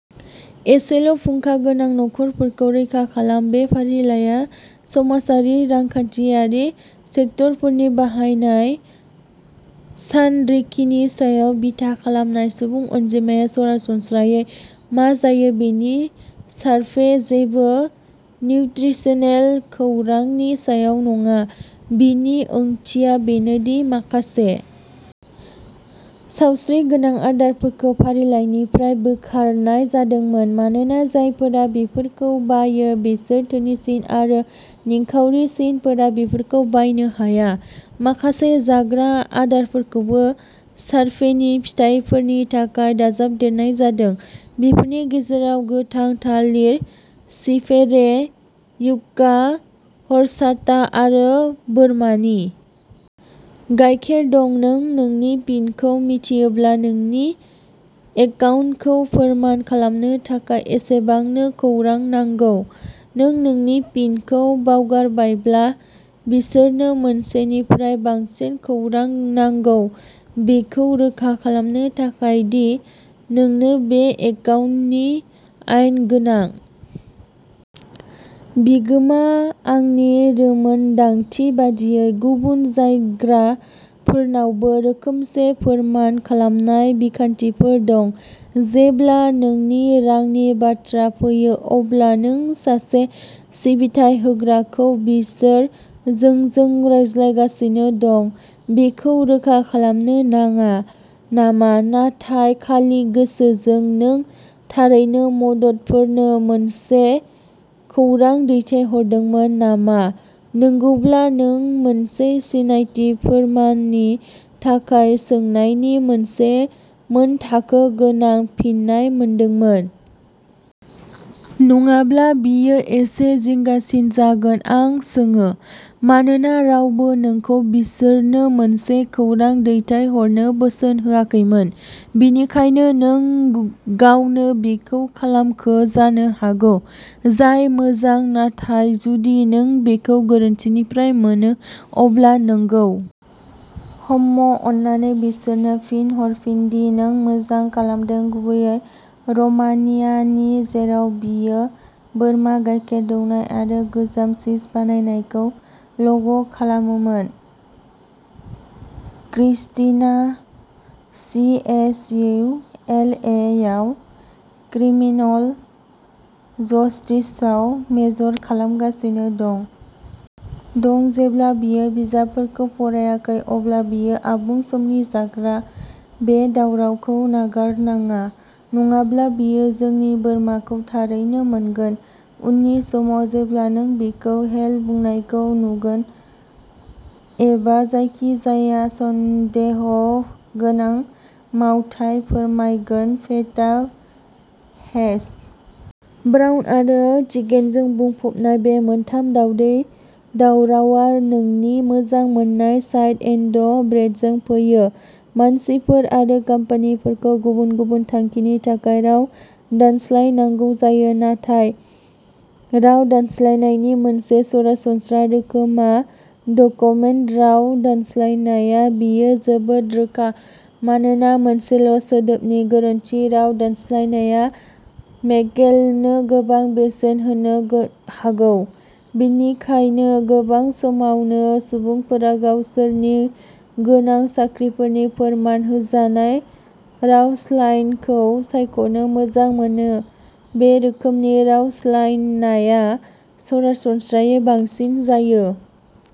एसेल' फुंखा गोनां नखरफोरखौ रैखा खालाम बे फारिलाइआ समाजारि रांखान्थियारि सेक्टरफोरनि बाहायनाय सानरिखिनि सायाव बिथा खालामनाय सुबुं अनजिमाया सरासनस्रायै मा जायो बेनि सारभे जेबो निउत्रिसनेल खौरांनि सायाव नङा बेनि ओंथिया बेनो दि माखासे सावस्रिगोनां आदारफोरखौ फारिलाइनिफ्राय बोखारनाय जादोंमोन मानोना जायफोरा बेफोरखौ बायो बिसोर धोनिसिन आरो निखावरिसिनफोरा बेफोरखौ बायनो हाया माखासे जाग्रा आदारफोरखौबो सारभेनि फिथायफोरनि थाखाय दाजाबदेरनाय जादों बेफोरनि गेजेराव गोथां थालिर चिभेरे युक्का हरचाटा आरो बोरमानि गायखेर दं नों नोंनि पिनखौ मिथियोब्ला नोंनि एकाउन्टखौ फोरमान खालामनो थाखाय एसेबांनो खौरां नांगौ नों नोंनि पिनखौ बावगारबायब्ला बिसोरनो मोनसेनिफ्राय बांसिन खौरां नांगौ बेखौ रोखा खालामनो थाखाय दि नोंनो बे एकाउन्टनि आयेन गोनां बिगोमा आंनि रोंमोन्दांथि बायदियै गुबुन जगायग्राफोरनावबो रोखोमसे फोरमान खालामनाय बिखान्थिफोर दं जेब्ला नोंनि रांनि बाथ्रा फैयो अब्ला नों सासे सिबिथाइ होग्राखौ बिसोर नोंजों रायज्लायगासिनो दं बेखौ रोखा खालामनो नाङा नामा नाथाय खालि गोसोजों नों थारैनो मडफोरनो मोनसे खौरां दैथायहरदोंमोन नामा नंगौब्ला नों मोनसे सिनायथि फोरमाननि थाखाय सोंनायनि मोनसे मानथाखो गोनां फिननाय मोनदोंमोन। नङाब्ला बेयो एसे जिंगासिन जागोन आं सोङो मानोना रावबो नोंखौ बिसोरनो मोनसे खौरां दैथायहरनो बोसोन होआखैमोन बेनिखायनो नों गावनो बेखौ खालामखो जानो हागौ जाय मोजां नाथाय जुदि नों बेखौ गोरोन्थिनिफ्राय मोनो अब्ला नंगौ हम्म अन्नानै बिसोरनो फिन हरफिन दि नों मोजां खालामदों गुबैयै र'मानियानि जेराव बियो बोरमा गायखेर दौनाय आरो गोजाम चीज बानायनायखौ ल'ग खालामोमोन Christina C S E L A आव क्रिमिनल जस्टिसआव मेजर खालामगासिनो दं जेब्ला बियो बिजाबफोरखौ फरायाखै अब्ला बियो आबुं समनि जाग्रा बे दावरावखौ नागारनाङा नङाब्ला बेयो नोंनि बोरमाखौ थारैनो मोनगोन उननि समाव जेब्ला नों बिखौ हेल'बुंनायखौ नुगोन एबा जायखिजाया सन्देहगोनां मावथाय फोरमायगोन फेटा हेश ब्राउन आरो चिकेनजों बुंफबनाय बे मोनथाम दावदै दावरावआ नोंनि मोजां मोननाय साइड एन्ड ब्रेडजों फैयो मानसिफोर आरो कम्पानिफोरखौ गुबुन गुबुन थांखिनि थाखाय राव दानस्लायनांगौ जायो नाथाय राव दानस्लायनानि मोनसे सरासनस्रा रोखोमआ डकुमेन्ट राव दानस्लायनाया बेयो जोबोद रोखा मानोना मोनसेल'सोदोबनि गोरोन्थि राव दानस्लायनाया मक्केलनो गोबां बेसेन होनो हागौ बेनिखायनो गोबां समावनो सुबुंफोरा गावसोरनि गोनां साख्रिफोरनि फोरमान होजानाय रावस्लायनखौ सायख'नो मोजां मोनो बे रोखोमनि रावस्लायनाया सरासनस्रायै बांसिन जायो।